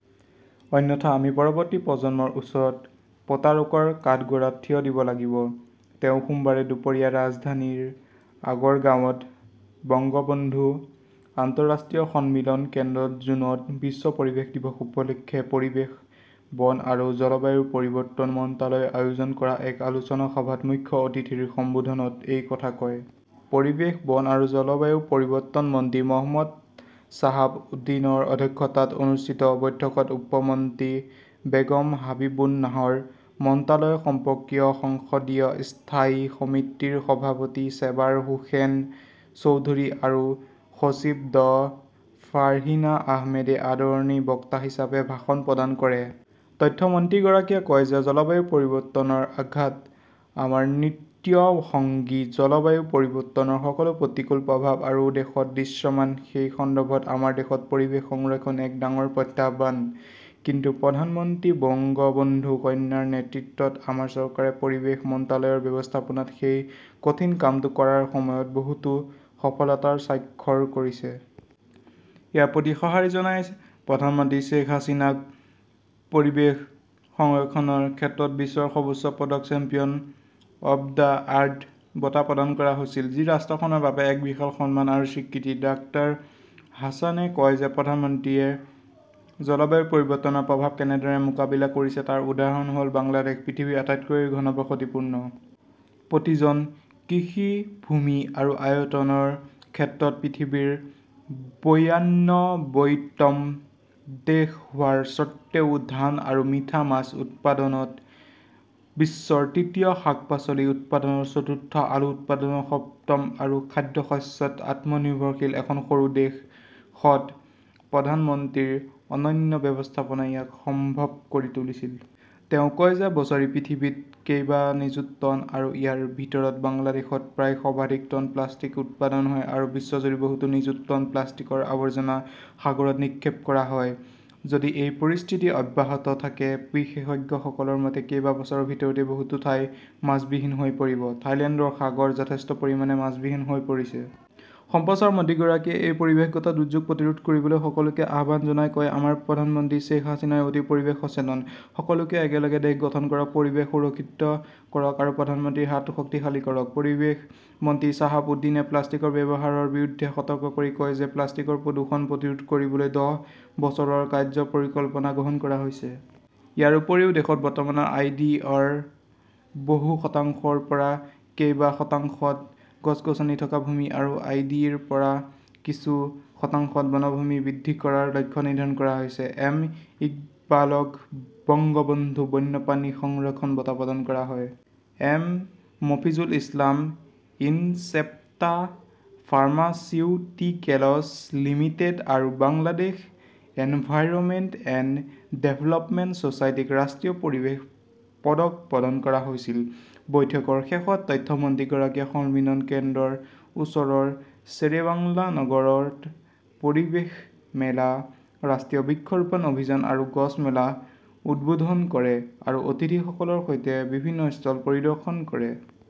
অন্যথা আমি পৰৱৰ্তী প্ৰজন্মৰ ওচৰত প্ৰতাৰকৰ কাঠগড়াত থিয় দিব লাগিব। তেওঁ সোমবাৰে দুপৰীয়া ৰাজধানীৰ আগৰগাঁৱত বঙ্গবন্ধু আন্তঃৰাষ্ট্ৰীয় সন্মিলন কেন্দ্ৰত জুনত বিশ্ব পৰিৱেশ দিৱস উপলক্ষে পৰিৱেশ, বন আৰু জলবায়ু পৰিৱৰ্তন মন্ত্ৰালয়ে আয়োজন কৰা এক আলোচনা সভাত মুখ্য অতিথিৰ সম্বোধনত এই কথা কয়। পৰিৱেশ, বন আৰু জলবায়ু পৰিৱৰ্তন মন্ত্ৰী মহম্মদ শ্বাহাব উদিনৰ অধ্যক্ষতাত অনুষ্ঠিত বৈঠকত উপ মন্ত্ৰী বেগম হাবিবুন নাহৰ, মন্ত্ৰালয় সম্পৰ্কীয় সংসদীয় স্থায়ী সমিতিৰ সভাপতি চেবাৰ হোসেন চৌধুৰী আৰু সচিব ড ফাৰ্হিনা আহমেদে আদৰণি বক্তা হিচাপে ভাষণ প্ৰদান কৰে। তথ্য মন্ত্ৰীগৰাকীয়ে কয় যে জলবায়ু পৰিৱৰ্তনৰ আঘাত আমাৰ নিত্য সঙ্গী। জলবায়ু পৰিৱৰ্তনৰ সকলো প্ৰতিকূল প্ৰভাৱ আমাৰ দেশত দৃশ্যমান। সেই সন্দৰ্ভত আমাৰ দেশত পৰিৱেশ সংৰক্ষণ এক ডাঙৰ প্ৰত্যাহ্বান। কিন্তু প্ৰধানমন্ত্ৰী বঙ্গবন্ধু কন্যাৰ নেতৃত্বত আমাৰ চৰকাৰে পৰিৱেশ মন্ত্ৰালয়ৰ ব্যৱস্থাপনাত সেই কঠিন কামটো কৰাৰ সময়ত বহুতো সফলতাৰ স্বাক্ষৰ কৰিছে। ইয়াৰ প্ৰতি সঁহাৰি জনাই প্ৰধানমন্ত্ৰী শ্বেইখ হাছিনাক পৰিৱেশ সংৰক্ষণৰ ক্ষেত্ৰত বিশ্বৰ সৰ্বোচ্চ পদক "চেম্পিয়ন অৱ দ্য আৰ্থ" বঁটা প্ৰদান কৰা হৈছিল, যি ৰাষ্ট্ৰখনৰ বাবে এক বিশাল সন্মান আৰু স্বীকৃতি। ডাঃ হাছানে কয় যে প্ৰধানমন্ত্ৰীয়ে জলবায়ু পৰিৱৰ্তনৰ প্ৰভাৱ কেনেদৰে মোকাবিলা কৰিছে তাৰ উদাহৰণ হ'ল বাংলাদেশ, পৃথিৱীৰ আটাইতকৈ ঘনবসতিপূৰ্ণ। প্ৰতি জন কৃষি ভূমি আৰু আয়তনৰ ক্ষেত্ৰত পৃথিৱীৰ বিয়ান্নব্বৈতম দেশ হোৱাৰ স্বত্ত্বেও ধান আৰু মিঠা মাছ উৎপাদনত বিশ্বৰ তৃতীয়, শাক-পাচলি উৎপাদনত চতুৰ্থ, আলু উৎপাদনত সপ্তম আৰু খাদ্যশস্যত আত্মনিৰ্ভৰশীল। এখন সৰু দেশত প্ৰধানমন্ত্ৰীৰ অনন্য ব্যৱস্থাপনাই ইয়াক সম্ভৱ কৰি তুলিছিল। তেওঁ কয় যে বছৰি পৃথিৱীত কেইবা নিযুত টন আৰু ইয়াৰ ভিতৰত বাংলাদেশত প্ৰায় সৰ্বাধিক টন প্লাষ্টিক উৎপাদন হয় আৰু বিশ্বজুৰি বহুতো নিযুত টন প্লাষ্টিকৰ আৱৰ্জনা সাগৰত নিক্ষেপ কৰা হয়। যদি এই পৰিস্থিতি অব্যাহত থাকে, বিশেষজ্ঞসকলৰ মতে কেইবা বছৰৰ ভিতৰতেই বহুতো ঠাই মাছবিহীন হৈ পৰিব, থাইলেণ্ডৰ সাগৰ যথেষ্ট পৰিমাণে মাছবিহীন হৈ পৰিছে। সম্প্ৰচাৰ মন্ত্ৰীগৰাকীয়ে এই পৰিৱেশগত দুৰ্যোগ প্ৰতিৰোধ কৰিবলৈ সকলোকে আহ্বান জনাই কয়, "আমাৰ প্ৰধানমন্ত্ৰী শ্বেইখ হাছিনাই অতি পৰিৱেশ সচেতন। সকলোৱে একেলগে দেশ গঠন কৰক, পৰিৱেশ সুৰক্ষিত কৰক আৰু প্ৰধানমন্ত্ৰীৰ হাত শক্তিশালী কৰক"। পৰিৱেশ মন্ত্ৰী শ্বাহাব উদ্দীনে প্লাষ্টিকৰ ব্যৱহাৰৰ বিৰুদ্ধে সতৰ্ক কৰি কয় যে প্লাষ্টিকৰ প্ৰদূষণ প্ৰতিৰোধ কৰিবলৈ দহ বছৰৰ কাৰ্য্য পৰিকল্পনা গ্ৰহণ কৰা হৈছে। ইয়াৰ উপৰিও, দেশত বৰ্তমানৰ আই. ডি.ৰ বহু শতাংশৰ পৰা কেইবা শতাংশত গছ-গছনি থকা ভূমি আৰু আই. ডি. ৰ পৰা কিছু শতাংশত বনভূমি বৃদ্ধি কৰাৰ লক্ষ্য নিৰ্ধাৰণ কৰা হৈছে। এম. ইকবালক বঙ্গবন্ধু বন্যপ্ৰাণী সংৰক্ষণ বঁটা প্ৰদান কৰা হয়। M. Mofizul Islam, Incepta pharmaceuticals limited আৰু বাংলাদেশ এনভাইৰনমেণ্ট এণ্ড ডেভেলপমেণ্ট ছ'চাইটিক ৰাষ্ট্ৰীয় পৰিৱেশ পদক প্ৰদান কৰা হৈছিল। বৈঠকৰ শেষত তথ্য মন্ত্ৰীগৰাকীয়ে সন্মিলন কেন্দ্ৰৰ ওচৰৰ শ্বেৰেবাংলা নগৰত পৰিৱেশ মেলা, ৰাষ্ট্ৰীয় বৃক্ষ ৰোপণ অভিযান আৰু গছ মেলা উদ্বোধন কৰে আৰু অতিথিসকলৰ সৈতে বিভিন্ন ষ্টল পৰিদৰ্শন কৰে।